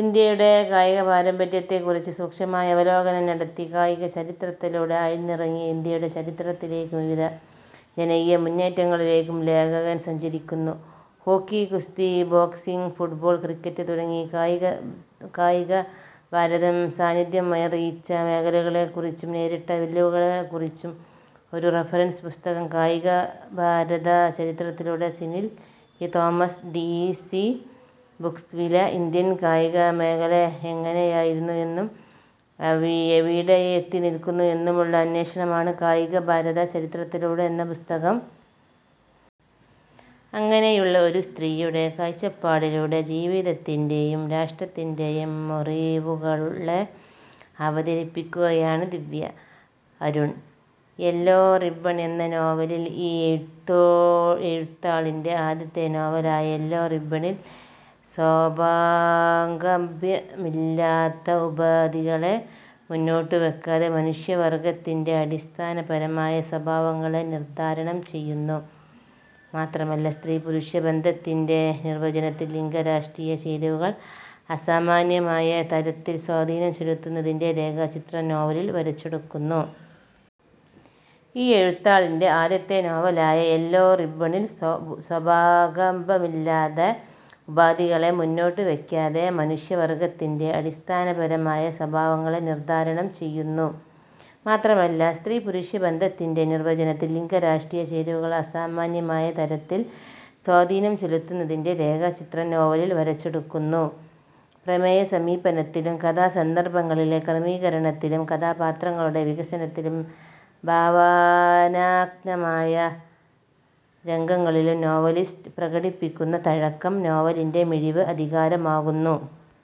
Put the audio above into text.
ഇന്ത്യയുടെ കായികപാരമ്പര്യത്തെക്കുറിച്ച് സൂക്ഷ്മമായി അവലോകനം നടത്തി കായിക ചരിത്രത്തിലൂടെ ആഴ്ന്നിറങ്ങി ഇന്ത്യയുടെ ചരിത്രത്തിലേക്കും വിവിധ ജനകീയമുന്നേറ്റങ്ങളിലേക്കും ലേഖകൻ സഞ്ചരിക്കുന്നു. ഹോക്കി, ഗുസ്തി, ബോക്സിങ്, ഫുട്ബോൾ, ക്രിക്കറ്റ് തുടങ്ങി കായികഭാരതം സാന്നിധ്യമറിയിച്ച മേഖലകളെക്കുറിച്ചും നേരിട്ട വെല്ലുവിളികളെക്കുറിച്ചുമുള്ള ഒരു റഫറൻസ് പുസ്തകം. കായികഭാരത ചരിത്രത്തിലൂടെ സനിൽ പി. തോമസ് ഡി സി ബുക്സ് വില: ഇന്ത്യൻ കായികമേഖല എങ്ങനെയായിരുന്നു എന്നും എവിടെ എത്തിനിൽക്കുന്നു എന്നുമുള്ള അന്വേഷണമാണ് കായികഭാരത ചരിത്രത്തിലൂടെ എന്ന പുസ്തകം. അങ്ങനെയുള്ള ഒരു സ്ത്രീയുടെ കാഴ്ചപ്പാടിലൂടെ ജീവിതത്തിന്റെയും രാഷ്ട്രത്തിന്റെയും മുറിവുകളെ അവതരിപ്പിക്കുകയാണ് ദിവ്യ അരുൺ 'യെല്ലോ റിബ്ബൺ' എന്ന നോവലിൽ. ഈ എഴുത്താളിന്റെ ആദ്യത്തെ നോവലായ 'യെല്ലോ റിബ്ബണി'ൽ സഭാകമ്പമില്ലാതെ, ഉപാധികളെ മുന്നോട്ടുവയ്ക്കാതെ മനുഷ്യവർഗ്ഗത്തിന്റെ അടിസ്ഥാനപരമായ സ്വഭാവങ്ങളെ നിർദ്ധാരണം ചെയ്യുന്നു. മാത്രമല്ല, സ്ത്രീ-പുരുഷ ബന്ധത്തിന്റെ നിർവ്വചനത്തിൽ ലിംഗ/രാഷ്ട്രീയ ചേരുവകൾ അസാമാന്യമായ തരത്തിൽ സ്വാധീനം ചെലുത്തുന്നതിന്റെ രേഖാചിത്രം നോവലിൽ വരച്ചെടുക്കുന്നു. ഈ എഴുത്താളിന്റെ ആദ്യത്തെ നോവലായ 'യെല്ലോ റിബ്ബണി'ൽ സഭാകമ്പമില്ലാതെ, ഉപാധികളെ മുന്നോട്ടുവയ്ക്കാതെ മനുഷ്യവർഗ്ഗത്തിന്റെ അടിസ്ഥാനപരമായ സ്വഭാവങ്ങളെ നിർദ്ധാരണം ചെയ്യുന്നു. മാത്രമല്ല, സ്ത്രീ-പുരുഷ ബന്ധത്തിന്റെ നിർവ്വചനത്തിൽ ലിംഗ/രാഷ്ട്രീയ ചേരുവകൾ അസാമാന്യമായ തരത്തിൽ സ്വാധീനം ചെലുത്തുന്നതിന്റെ രേഖാചിത്രം നോവലിൽ വരച്ചെടുക്കുന്നു. പ്രമേയസമീപനത്തിലും കഥാസന്ദർഭങ്ങളിലെ ക്രമീകരണത്തിലും കഥാപാത്രങ്ങളുടെ വികസനത്തിലും ഭാവനാത്മകമായ രംഗങ്ങളിലും നോവലിസ്റ്റ് പ്രകടിപ്പിക്കുന്ന തഴക്കം നോവലിന്റെ മിഴിവ് അധികമാക്കുന്നു.